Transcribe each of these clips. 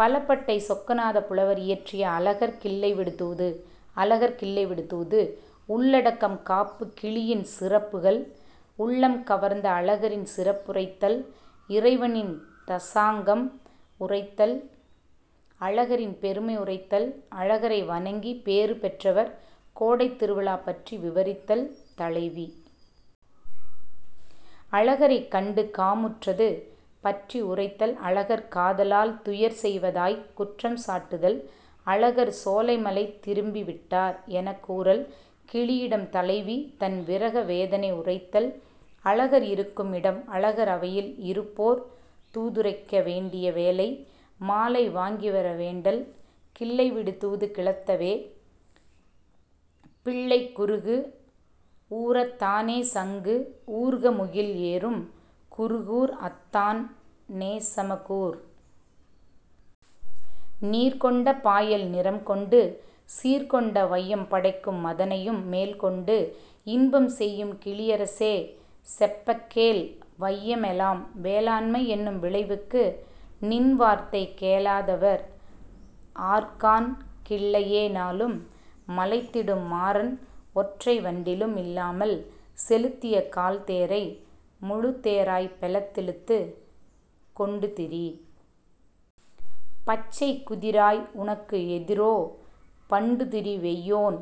பலபட்டை சொக்கநாதப் புலவர் இயற்றிய அழகர் கிள்ளை விடு தூது அழகர் கிள்ளை விடுதூது உள்ளடக்கம் காப்பு கிளியின் சிறப்புகள் உள்ளம் கவர்ந்த அழகரின் சிறப்புரைத்தல் இறைவனின் தசாங்கம் உரைத்தல் அழகரின் பெருமை உரைத்தல் அழகரை வணங்கி பேறு பெற்றவர் கோடைத் திருவிழாபற்றி விவரித்தல் தலைவி அழகரைக் கண்டு காமுற்றது பற்றி உரைத்தல் அழகர் காதலால் துயர் செய்வதாய்க் குற்றம் சாட்டுதல் அழகர் சோலைமலை திரும்பிவிட்டார் எனக் கூறல் கிளியிடம் தலைவி தன் விரக வேதனை உரைத்தல் அழகர் இருக்கும் இடம் அழகர் அவையில் இருப்போர் தூதுரைக்க வேண்டிய வேளை மாலை வாங்கிவர வேண்டல் கிள்ளைவிடு தூது கிளத்தவே பிள்ளைக் குருகுஊரத் தானேசங்கு ஊர்கமுகில் ஏறும் குருகூர் அத்தான் நேசம் கூர். நீர்கொண்ட பாயல் நிறம்கொண்டு சீர்கொண்ட வையம் படைக்கும் மதனையும் மேல் கொண்டு இன்பம் செய்யும் கிளியரசே செப்பக்கேள் வையம்எலாம் வேளாண்மை என்னும் விளைவுக்கு நின்வார்த்தை கேளாதவர் ஆர்காண் கிள்ளையே நாளும் மலைத்திடும் மாரன் ஒற்றை வண்டிலும் இல்லாமல் செலுத்திய கால்தேரை முழுத்தேராய் பெலத்து இழுத்துக் கொண்டுதிரி பச்சைக் குதிராய் உனக்கு எதிரோ பண்டுதிரி வெய்யோன்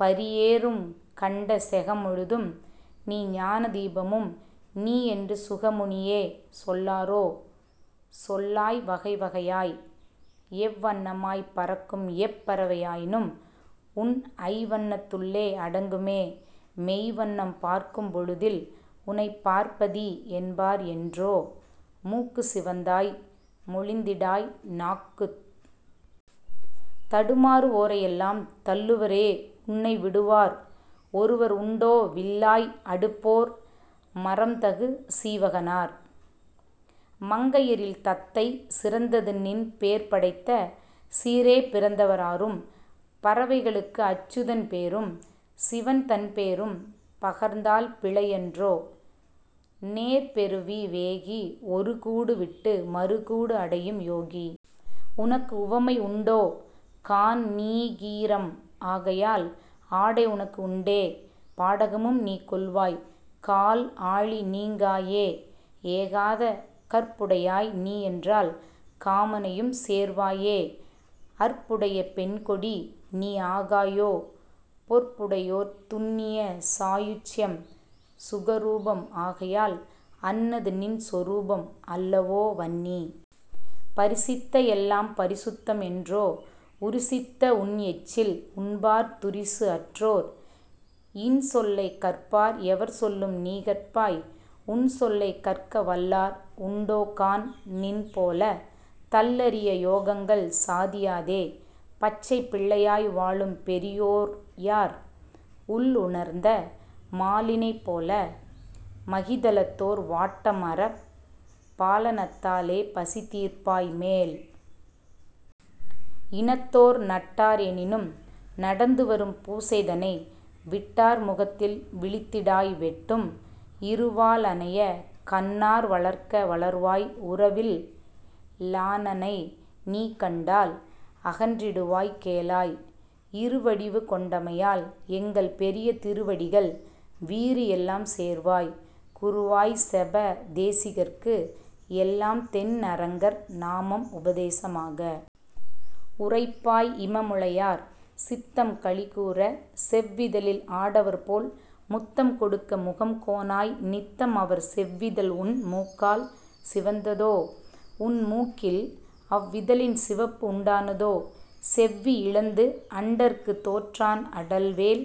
பரிஏழும் கண்ட செகம்முழுதும் நீ ஞானதீபமும் நீ என்று சுகமுனியே சொல்லாரோ சொல்லாய் வகைவகையாய் எவ்வண்ணமாய்ப் பறக்கும் எப்பறவை ஆயினும்உன் ஐவண்ணத்துள்ளே அடங்குமே மெய்வண்ணம் பார்க்கும்பொழுதில் உனைப் பார்ப்பதி என்பார் என்றோ மூக்குச் சிவந்தாய் மொழிந்திடாய் நாக்குத் தடுமாறுவோரை எல்லாம் தள்ளுவரே உன்னை விடுவார் ஒருவர் உண்டோ விள்ளாய் அடுபோர் மறம்தரு சீவகனார் மங்கையரில் தத்தை சிறந்ததுநின் பேர்படைத்த சீரே பிறந்தவர் ஆரும் பறவைகளுக்கு அச்சுதன் பேரும் சிவன்தன் பேரும் பகர்ந்தால் பிழைஅன்றோ நேர்பெறு வி வேகி ஒருகூடு விட்டு மறு கூடுஅடையும் யோகி உனக்கு உவமை உண்டோ காண் நீகீரம் ஆகையால் ஆடை உனக்கு உண்டே பாடகமும் நீ கொள்வாய் கால்ஆழி நீங்காயே ஏகாத கற்புடையாய் நீ என்றால் காமனையும் சேர்வாயே அற்புடைய பெண்கொடி நீ ஆகாயோ பொற்புடையோர் துன்னிய சாயுச்யம் சுகரூபம் ஆகையால் அன்னது நின்சொரூபம் அல்லவோ வன்னி பரிசித்த எல்லாம் பரிசுத்தம் என்றோ உருசித்த உன்எச்சில் உண்பார் துரிசு அற்றோர் இன்சொல்லைக் கற்பார் எவர்சொல்லும் நீகற்பாய் உன்சொல்லைக் கற்கவல்லார் உண்டோகாண் நின்போலத் தள்ளரிய யோகங்கள் சாதியாதே பச்சைப் பிள்ளையாய் வாழும் பெரியோர்யார் உள்உணர்ந்த மாலினைப் போல மகிதலத்தோர் வாட்டம்அறப் பாலனத்தாலே பசி தீர்ப்பாய் மேல் இனத்தோர் நட்டார் எனினும் நடந்துவரும் பூசைதனை விட்டார் முகத்தில் விழித்திடாய் வெட்டும் இரு வாள்அனைய கண்ணார் வளர்க்க வளர்வாய் உறவில் லாளனைநீ கண்டால் அகன்றிடுவாய் கேளாய் இருவடிவு கொண்டமையால் எங்கள் பெரிய திருவடிகள் வீறுஎல்லாம் சேர்வாய் குருவாய்ச் செப தேசிகர்க்கு எல்லாம் தென்அரங்கர் நாமம் உபதேசமாக உரைப்பாய் இபமுலையார் சித்தம் களிகூரச் செவ்விதழில் ஆடவர்போல் முத்தம் கொடுக்க முகம் கோணாய் நித்தம் அவர் செவ்விதழ்உன் மூக்கால் சிவந்ததோ உன்மூக்கில் அவ்விதழின் சிவப்பு உண்டானதோ செவ்வி இழந்து அண்டருக்குத் தோற்றான் அடல்வேள்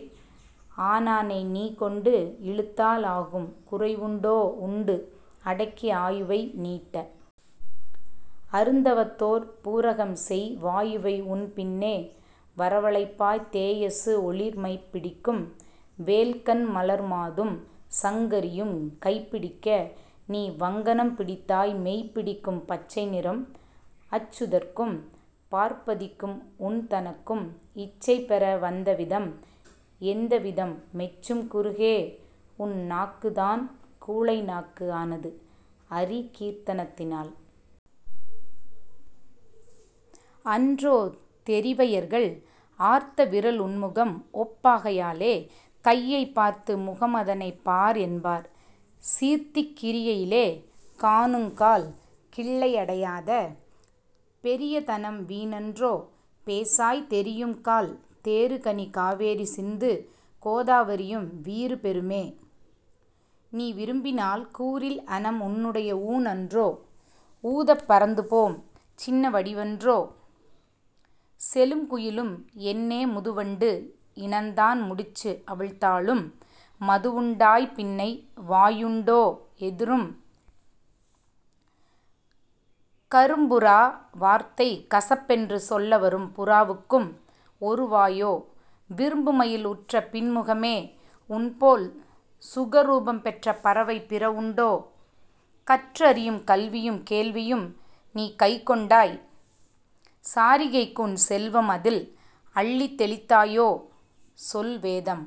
ஆநானைநீ கொண்டு இழுத்தால் ஆகும் குறைஉண்டோ உண்டு அடக்கி ஆயுவை நீட்ட அருந்தவத்தோர் பூரகம்செய் வாயுவைஉன் பின்னே வரவழைப்பாய் தேயசு ஒளிர் மைப்பிடிக்கும் வேல்கண் மலர்மாதும் சங்கரியும் கைப்பிடிக்க நீ வங்கணம் பிடித்தாய் மெய்ப்பிடிக்கும் பச்சை நிறம் அச்சுதற்கும் பார்ப்பதிக்கும் உன்தனக்கும் இச்சைபெற வந்தவிதம் எந்தவிதம் மெச்சும் குருகே உன் நாக்குத்தான் கூழை நாக்கு ஆனது அரி கீர்த்தனத்தினால் அன்றோ தெரிவையர்கள் ஆர்த்த விரல் உன்முகம் ஒப்பாகையாலே கையைப் பார்த்து முகம்அதனைப் பார்என்பார் சீர்த்திக் கிரியையிலே காணுங்கால் கிள்ளை அடையாத பெரியதனம் வீண்அன்றோ பேசாய் தெரியும்கால் தேறுகனி காவேரி சிந்து கோதாவிரியும் வீறுபெறுமே நீ விரும்பினால் கூறில் அனம் உன்னுடைய ஊண்அன்றோ ஊதப் பறந்துபோம் சின்ன வடிவன்றோ செழும்குயிலும் என்னே முதுவண்டு இனந்தான் முடிச்சு அவிழ்த்தாலும் மதுஉண்டாய் பின்னை வாயுண்டோ எதிரும் கரும்புறா வார்த்தை கசப்பென்று சொல்ல வரும் புறாவுக்கும் ஒரு வாயோ விரும்புமயில் உற்ற பிணிமுகமே உன்போல் சுகரூபம் பெற்ற பறவை பிறவுண்டோ கற்று அறியும் கல்வியும் கேள்வியும் நீ கைக்கொண்டாய் சாரிகைக்குஉன் செல்வம் அதில் அள்ளித் தௌித்தாயோ சொல் வேதம்।